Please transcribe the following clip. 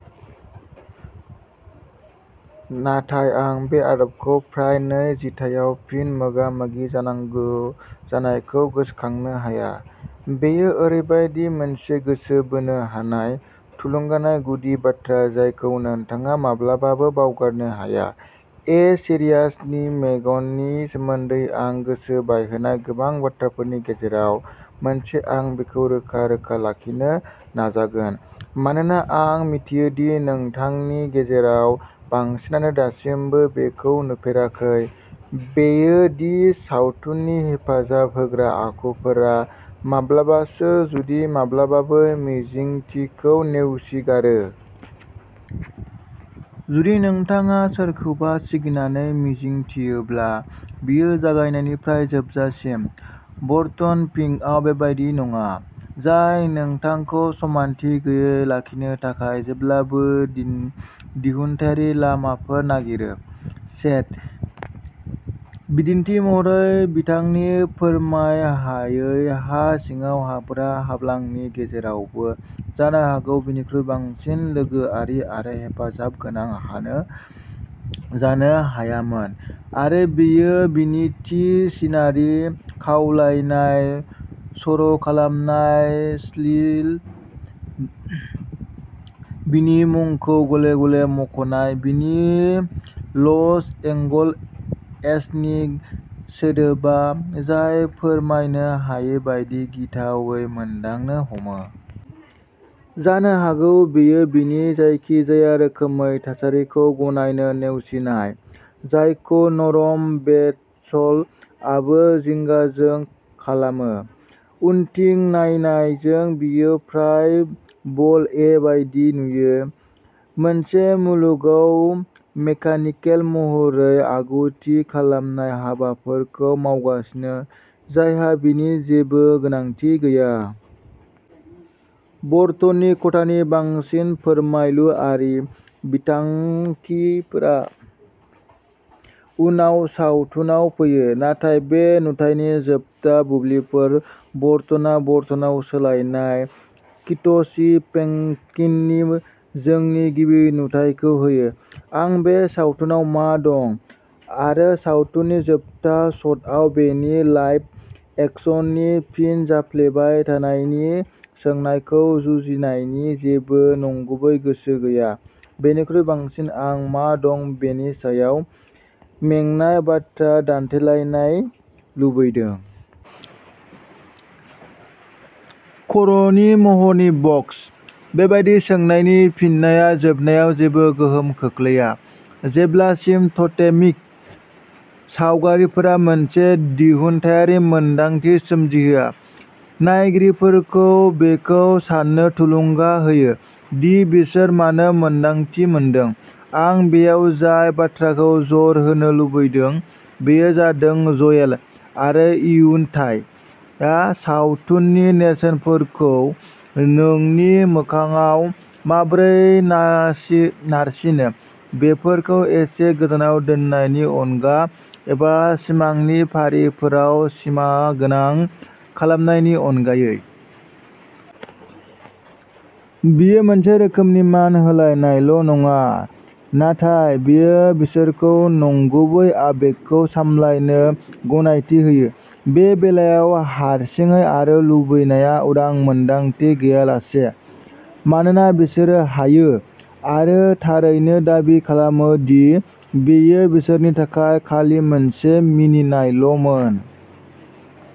नाथाय आं बे आदबखौ फ्राय नै जिथाइआव फिन मोगा-मोगि जानायखौ गोसोखांनो हाया। बेयो ओरैबायदि मोनसे गोसो बोनो हानाय, थुलुंगानाय गुदि बाथ्रा जायखौ नोंथाङा माब्लाबाबो बावगारनो हाया। ए सीरियास मेननि सोमोन्दै आं गोसो बायहोनाय गोबां बाथ्राफोरनि गेजेराव मोनसे-आं बेखौ रोखा-रोखा लाखिनो नाजागोन, मानोना आं मिथियो दि नोंथांनि गेजेराव बांसिनानो दासिमबो बेखौ नुफेराखै-बेयो दि सावथुननि हेफाजाब होग्रा आखुफोरा माब्लाबासो, जुदि माब्लाबाबो, मिजिंथिखौ नेवसिगारो। जुदि नोंथाङा सोरखौबा सिगिनायखौ मिजिंथियोब्ला, बियो जागायनायनिफ्राय जोबजासिम। बार्टन फिंकआव बेबादि नङा, जाय नोंखौ समानथि गैयै लाखिनो थाखाय जेब्लाबो दिहुनथायारि लामाफोर नागिरो। चेट!, बिदिन्थि महरै, बिथांनि फोरमायजायै हा सिङाव हाबग्रा हाब्लांनि गेजेरावबो, जानो हागौ बिनिख्रुइ बांसिन लोगोआरि आरो हेफाजाबगोनां जानो हायामोन, आरो बेयो बिनि थि सिनारि खावलायनाय-सर'खालामनाय स्पिल, बिनि मुंखौ गले-गले मुंख'नाय, बिनि "लस एंगल-एस" नि सोदोबा-जाय फोरमायनो हायै बायदि गिथावै मोनदांनो हमो। जानो हागौ बेयो बिनि जायखिजाया रोखोमै थासारिखौ गनायनो नेवसिनाय, जायखौ नर्मन बेट्सआबो जिंगाजों खालामो। उनथिं नायनायजों, बियो फ्राय वाल-इ बायदि नुयो, मोनसे मुलुगाव मेकानिकेल महरै आगु-थि खालामनाय हाबाफोरखौ मावगासिनो जायहा बिनि जेबो गोनांथि गैया। बार्टननि खथानि बांसिन फोरमायलुआरि बिथिंफोरा उनाव सावथुनाव फैयो, नाथाय बे नुथायनि जोबथा बुब्लिफोरा बार्टनआ बार्टनाव सोलायनाय किट्ची पेन्टिंनि जोंनि गिबि नुथायखौ होयो। आंहा बे सावथुनाव मा दं, आरो सावथुननि जोबथा शटआव बेनि लाइभ-एक्शननि फिन जाफ्लेबाय थानायनि सोंनायखौ जुजिनायनि जेबो नंगुबै गोसो गैया, बेनिख्रुइ बांसिन आं मा दं बेनि सायाव मेंनाय बाथ्रा दान्थेलायनाय लुबैदों। खर'नि महरनि बक्स। बेबादि सोंनायनि फिननाया जोबनायाव जेबो गोहोम खोख्लैया, जेब्लासिम टटेमिक सावगारिफोरा मोनसे दिहुनथायारि मोनदांथि सोमजिहोयो, नायगिरिफोरखौ बेखौ साननो थुलुंगा होयो दि बिसोर मानो मोन्दांथि मोनदों। आं बेयाव जाय बाथ्राखौ जर होनो लुगैदों बेयो जादों ज'येल आरो इथानआ सावथुननि नेरसोनफोरखौ नोंनि मोखांआव माबोरै नारसिनो, बेफोरखौ एसे गोजानाव दोननायनि अनगा एबा सिमांनि फारिफोराव सिमागोनां खालामनायनि अनगायै। बेयो मोनसे रोखोमनि मान होनायल'नङा, नाथाय बेयो बिसोरखौ नंगुबै आबेगखौ सामलायनो गनायथि होयो-बे बेलायाव, हारसिङै आरो लुबैनाया-उदां मोनदांथि गैयालासे, मानोना बिसोरो हायो आरो थारैनो दाबि खालामो दि बेयो बिसोरनि थाखाय खालि मोनसे मिनिनायल'मोन।